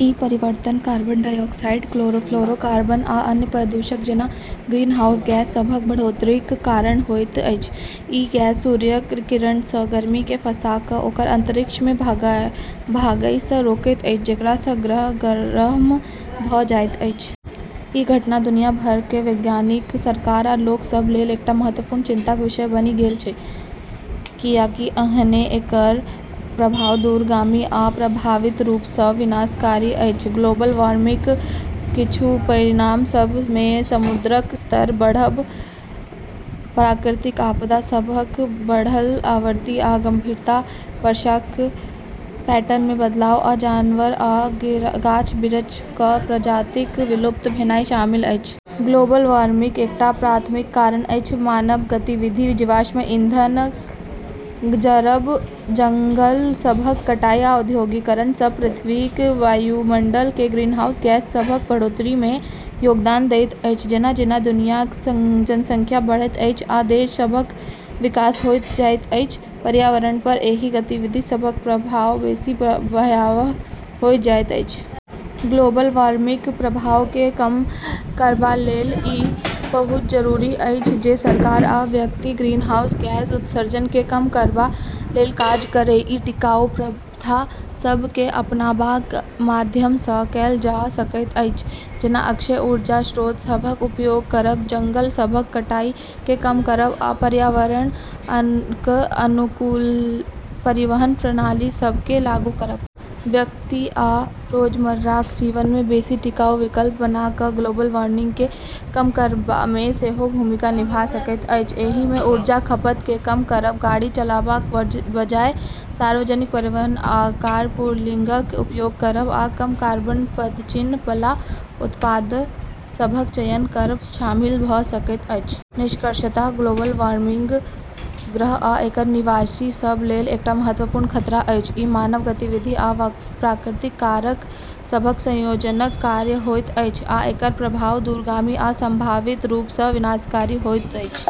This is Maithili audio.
ई परिवर्तन कार्बन डाइऑक्साइड, क्लोरोफ्लोरोकार्बन, आ अन्य प्रदूषक जेना ग्रीनहाउस गैस सभक बढ़ोत्तरीक कारण होइत अछि। ई गैस सूर्यक किरण सँ गर्मिकेँ फँसा कऽ ओकरा अंतरिक्षमे भागए सँ रोकैत अछि, जेकरा सँ ग्रह गरम भऽ जाइत अछि। ई घटना दुनिया भरि क वैज्ञानिक, सरकार आ लोक सभ लेल एकटा महत्वपूर्ण चिंताक विषय बनि गेल अछि, कियाकअहने एकर प्रभाव दूरगामी आ संभावित रूप सँ विनाशकारी अछि। ग्लोबल वार्मिंगक किछु परिणाम सभ मे समुद्रक स्तर बढ़ब, प्राकृतिक आपदा सभक बढ़ल आवृत्ति आ गंभीरता, वर्षा क पैटर्न मे बदलाव, आ जानवर आ गाछ-बिरछ क प्रजातिक विलुप्त भेनाइ शामिल अछि। ग्लोबल वार्मिंगक एकटा प्राथमिक कारण अछि मानव गतिविधि। जीवाश्म ईंधनक जरब, जंगल सभक कटाइ, आ औद्योगीकरण सभ पृथ्वीक वायुमंडल मे ग्रीनहाउस गैस सभक बढ़ोत्तरी मे योगदान दैत अछि। जेना-जेना दुनियाक जनसंख्या बढ़ैत अछि आ देश सभक विकास होइत जाइत अछि, पर्यावरण पर एहि गतिविधि सभक प्रभाव बेसी भयावह होइत जाइत अछि। ग्लोबल वार्मिंगक प्रभाव केँ कम करबा लेल ई बहुत जरूरी अछि जे सरकार आ व्यक्ति ग्रीनहाउस गैस उत्सर्जन केँ कम करबा लेल काज करए। ई टिकाऊ प्रथा सभ केँ अपनाबाक माध्यम सँ कएल जा सकैत अछि, जेना अक्षय ऊर्जा स्रोत सभक उपयोग करब, जंगल सभक कटाइ केँ कम करब, आ पर्यावरणक अनुकूल परिवहन प्रणाली सभ केँ लागू करब। व्यक्ति अपन रोजमर्राक जीवन मे बेसी टिकाऊ विकल्प बना कऽ ग्लोबल वार्मिंग केँ कम करबामे सेहो भूमिका निभा सकैत अछि। एहि मे ऊर्जाक खपत केँ कम करब, गाड़ी चलाबाक बजाय सार्वजनिक परिवहन या कारपूलिंगक उपयोग करब, आ कम कार्बन पदचिह्न बला उत्पाद सभक चयन करब शामिल भऽ सकैत अछि। निष्कर्षतः ग्लोबल वार्मिंग ग्रह आ एकर निवासी सभ लेल एकटा महत्वपूर्ण खतरा अछि। ई मानव गतिविधि आ प्राकृतिक कारक सभक संयोजनक कारण होइत अछि, आ एकर प्रभाव दूरगामी आ संभावित रूप सँ विनाशकारी होइत अछि।